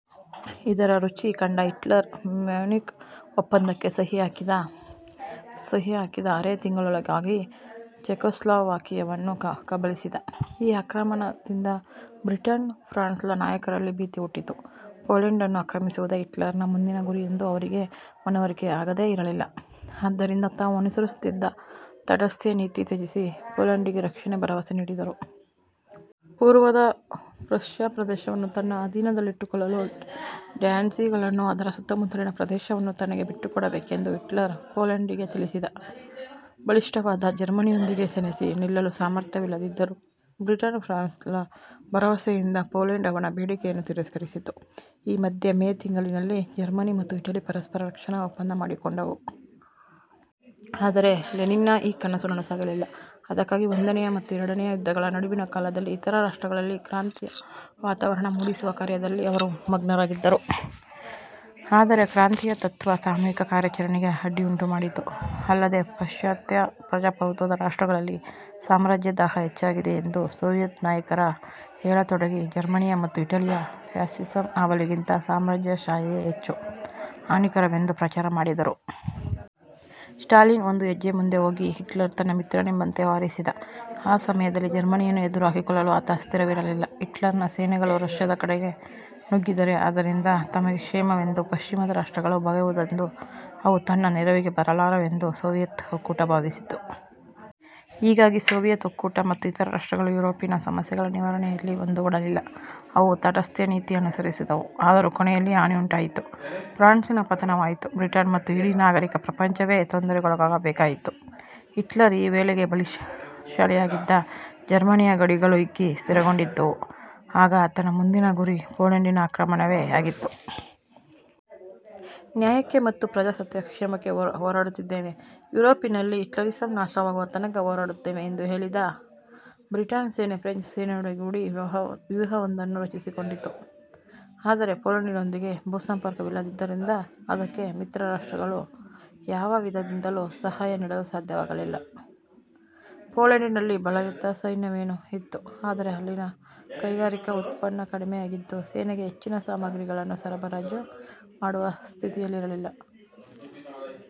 ಇದರ ರುಚಿ ಕಂಡ ಹಿಟ್ಲರ್ ಮ್ಯೂನಿಕ್ ಒಪ್ಪಂದಕ್ಕೆ ಸಹಿಹಾಕಿದ ಆರೇ ತಿಂಗಳೊಳಗಾಗಿ ಚೆಕೊಸ್ಲೊವಾಕಿಯವನ್ನು ಕಬಳಿಸಿದ. ಈ ಆಕ್ರಮಣದಿಂದ ಬ್ರಿಟನ್, ಫ್ರಾನ್ಸ್ಗಳ ನಾಯಕರಲ್ಲಿ ಭೀತಿ ಹುಟ್ಟಿತು. ಪೋಲೆಂಡನ್ನು ಆಕ್ರಮಿಸುವುದೇ ಹಿಟ್ಲರನ ಮುಂದಿನ ಗುರಿಯೆಂದು ಅವರಿಗೆ ಮನವರಿಕೆಯಾಗದೆ ಇರಲಿಲ್ಲ. ಆದ್ದರಿಂದ ತಾವು ಅನುಸರಿಸುತ್ತಿದ್ದ ತಾಟಸ್ಥ್ಯನೀತಿ ತ್ಯಜಿಸಿ, ಪೋಲೆಂಡಿಗೆ ರಕ್ಷಣೆಯ ಭರವಸೆ ನೀಡಿದರು. ಪೂರ್ವದ ಪ್ರಷ್ಯ ಪ್ರದೇಶವನ್ನು ತನ್ನ ಅಧೀನದಲ್ಲಿಟ್ಟುಕೊಳ್ಳಲು ಡ್ಯಾನ್ಜಿಗಳನ್ನೂ ಅದರ ಸುತ್ತಮುತ್ತಲಿನ ಪ್ರದೇಶವನ್ನೂ ತನಗೆ ಬಿಟ್ಟುಕೊಡಬೇಕೆಂದು ಹಿಟ್ಲರ್ ಪೋಲೆಂಡಿಗೆ ತಿಳಿಸಿದ. ಬಲಿಷ್ಠವಾದ ಜರ್ಮನಿಯೊಂದಿಗೆ ಸೆಣೆಸಿ ನಿಲ್ಲಲು ಸಾಮರ್ಥ್ಯವಿಲ್ಲದಿದ್ದರೂ ಬ್ರಿಟನ್ ಫ್ರಾನ್ಸ್ಗಳ ಭರವಸೆಯಿಂದ ಪೋಲೆಂಡ್ ಅವನ ಬೇಡಿಕೆಯನ್ನು ತಿರಸ್ಕರಿಸಿತು. ಈ ಮಧ್ಯೆ ಮೇ ತಿಂಗಳಿನಲ್ಲಿ ಜರ್ಮನಿ ಮತ್ತು ಇಟಲಿ ಪರಸ್ಪರ ರಕ್ಷಣಾ ಒಪ್ಪಂದ ಮಾಡಿಕೊಂಡವು. ಆದರೆ ಲೆನಿನ್ನ ಈ ಕನಸು ನನಸಾಗಲಿಲ್ಲ. ಅದಕ್ಕಾಗಿ ಒಂದನೆಯ ಮತ್ತು ಎರಡನೆಯ ಯುದ್ಧಗಳ ನಡುವಿನ ಕಾಲದಲ್ಲಿ ಇತರ ರಾಷ್ಟ್ರಗಳಲ್ಲಿ ಕ್ರಾಂತಿಯ ವಾತಾವರಣ ಮೂಡಿಸುವ ಕಾರ್ಯದಲ್ಲಿ ಅವರು ಮಗ್ನರಾಗಿದ್ದರು. ಆದರೆ ಕ್ರಾಂತಿಯ ತತ್ತ್ವ ಸಾಮೂಹಿಕ ಕಾರ್ಯಾಚರಣೆಗೆ ಅಡ್ಡಿಯುಂಟುಮಾಡಿತು. ಅಲ್ಲದೆ ಪಾಶ್ಚಾತ್ಯ ಪ್ರಜಾಪ್ರಭುತ್ವದ ರಾಷ್ಟ್ರಗಳಲ್ಲಿ ಸಾಮ್ರಾಜ್ಯದಾಹ ಹೆಚ್ಚಾಗಿದೆಯೆಂದು ಸೋವಿಯತ್ ನಾಯಕರು ಹೇಳತೊಡಗಿ, ಜರ್ಮನಿಯ ಮತ್ತು ಇಟಲಿಯ ಫ್ಯಾಸಿಸಂ ಹಾವಳಿಗಿಂತ ಸಾಮ್ರಾಜ್ಯಷಾಹಿಯೇ ಹೆಚ್ಚು ಹಾನಿಕರವೆಂದು ಪ್ರಚಾರ ಮಾಡಿದರು. ಸ್ಟಾಲಿನ್ ಒಂದು ಹೆಜ್ಜೆ ಮುಂದೆ ಹೋಗಿ, ಹಿಟ್ಲರ್ ತನ್ನ ಮಿತ್ರನೆಂಬಂತೆ ವ್ಯವಹರಿಸಿದ. ಆ ಸಮಯದಲ್ಲಿ ಜರ್ಮನಿಯನ್ನು ಎದುರು ಹಾಕಿಕೊಳ್ಳಲು ಆತ ಸಿದ್ಧವಿರಲಿಲ್ಲ. ಹಿಟ್ಲರನ ಸೇನೆಗಳು ರಷ್ಯ ದ ಕಡೆಗೆ ನುಗ್ಗಿದರೆ ಅದರಿಂದ ತಮಗೆ ಕ್ಷೇಮವೆಂದು ಪಶ್ಚಿಮದ ರಾಷ್ಟ್ರಗಳು ಬಗೆಯುವುವೆಂದೂ ಅವು ತನ್ನ ನೆರವಿಗೆ ಬರಲಾರವೆಂದೂ ಸೋವಿಯತ್ ಒಕ್ಕೂಟ ಭಾವಿಸಿತ್ತು. ಹೀಗಾಗಿ ಸೋವಿಯತ್ ಒಕ್ಕೂಟ ಮತ್ತು ಇತರ ರಾಷ್ಟ್ರಗಳು ಯುರೋಪಿನ ಸಮಸ್ಯೆಗಳ ನಿವಾರಣೆಯಲ್ಲಿ ಒಂದುಗೂಡಲಿಲ್ಲ. ಅವು ತಾಟಸ್ಥ್ಯನೀತಿ ಅನುಸರಿಸಿದವು. ಆದರೂ ಕೊನೆಯಲ್ಲಿ ಹಾನಿಯುಂಟಾಯಿತು. ಫ್ರಾನ್ಸಿನ ಪತನವಾಯಿತು. ಬ್ರಿಟನ್ ಮತ್ತು ಇಡೀ ನಾಗರಿಕ ಪ್ರಪಂಚವೇ ತೊಂದರೆಗೊಳಗಾಗಬೇಕಾಯಿತು. ಹಿಟ್ಲರ್ ಈ ವೇಳೆಗೆ ಬಲಶಾಲಿಯಾಗಿದ್ದ. ಜರ್ಮನಿಯ ಗಡಿಗಳು ಹಿಗ್ಗಿ ಸ್ಥಿರಗೊಂಡಿದ್ದುವು. ಆಗ ಆತನ ಮುಂದಿನ ಗುರಿ ಪೋಲೆಂಡಿನ ಆಕ್ರಮಣವೇ ಆಗಿತ್ತು. ನ್ಯಾಯಕ್ಕೆ ಮತ್ತು ಪ್ರಜಾಸತ್ತೆಯ ಕ್ಷೇಮಕ್ಕೆ ಹೋರಾಡುತ್ತಿದ್ದೇವೆ. ಯುರೋಪಿನಲ್ಲಿ ಹಿಟ್ಲರಿಸಂ ನಾಶವಾಗುವ ತನಕ ಹೋರಾಡುತ್ತೇವೆ ಎಂದು ಹೇಳಿದ. ಬ್ರಿಟನ್ನ ಸೇನೆ ಫ್ರೆಂಚ್ ಸೇನೆಯೊಡಗೂಡಿ ವ್ಯೂಹವೊಂದನ್ನು ರಚಿಸಿಕೊಂಡಿತು. ಆದರೆ ಪೋಲೆಂಡಿನೊಂದಿಗೆ ಭೂಸಂಪರ್ಕವಿಲ್ಲದಿದ್ದುದರಿಂದ ಅದಕ್ಕೆ ಮಿತ್ರರಾಷ್ಟ್ರಗಳು ಯಾವ ವಿಧದಿಂದಲೂ ಸಹಾಯ ನೀಡಲು ಸಾಧ್ಯವಾಗಲಿಲ್ಲ. ಪೋಲೆಂಡಿನಲ್ಲಿ ಬಲಯುತ ಸೈನ್ಯವೇನೋ ಇತ್ತು. ಆದರೆ ಅಲ್ಲಿನ ಕೈಗಾರಿಕಾ ಉತ್ಪನ್ನ ಕಡಿಮೆಯಾಗಿದ್ದು ಸೇನೆಗೆ ಹೆಚ್ಚಿನ ಸಾಮಗ್ರಿಗಳನ್ನು ಸರಬರಾಜು ಮಾಡುವ ಸ್ಥಿತಿಯಲ್ಲಿರಲಿಲ್ಲ.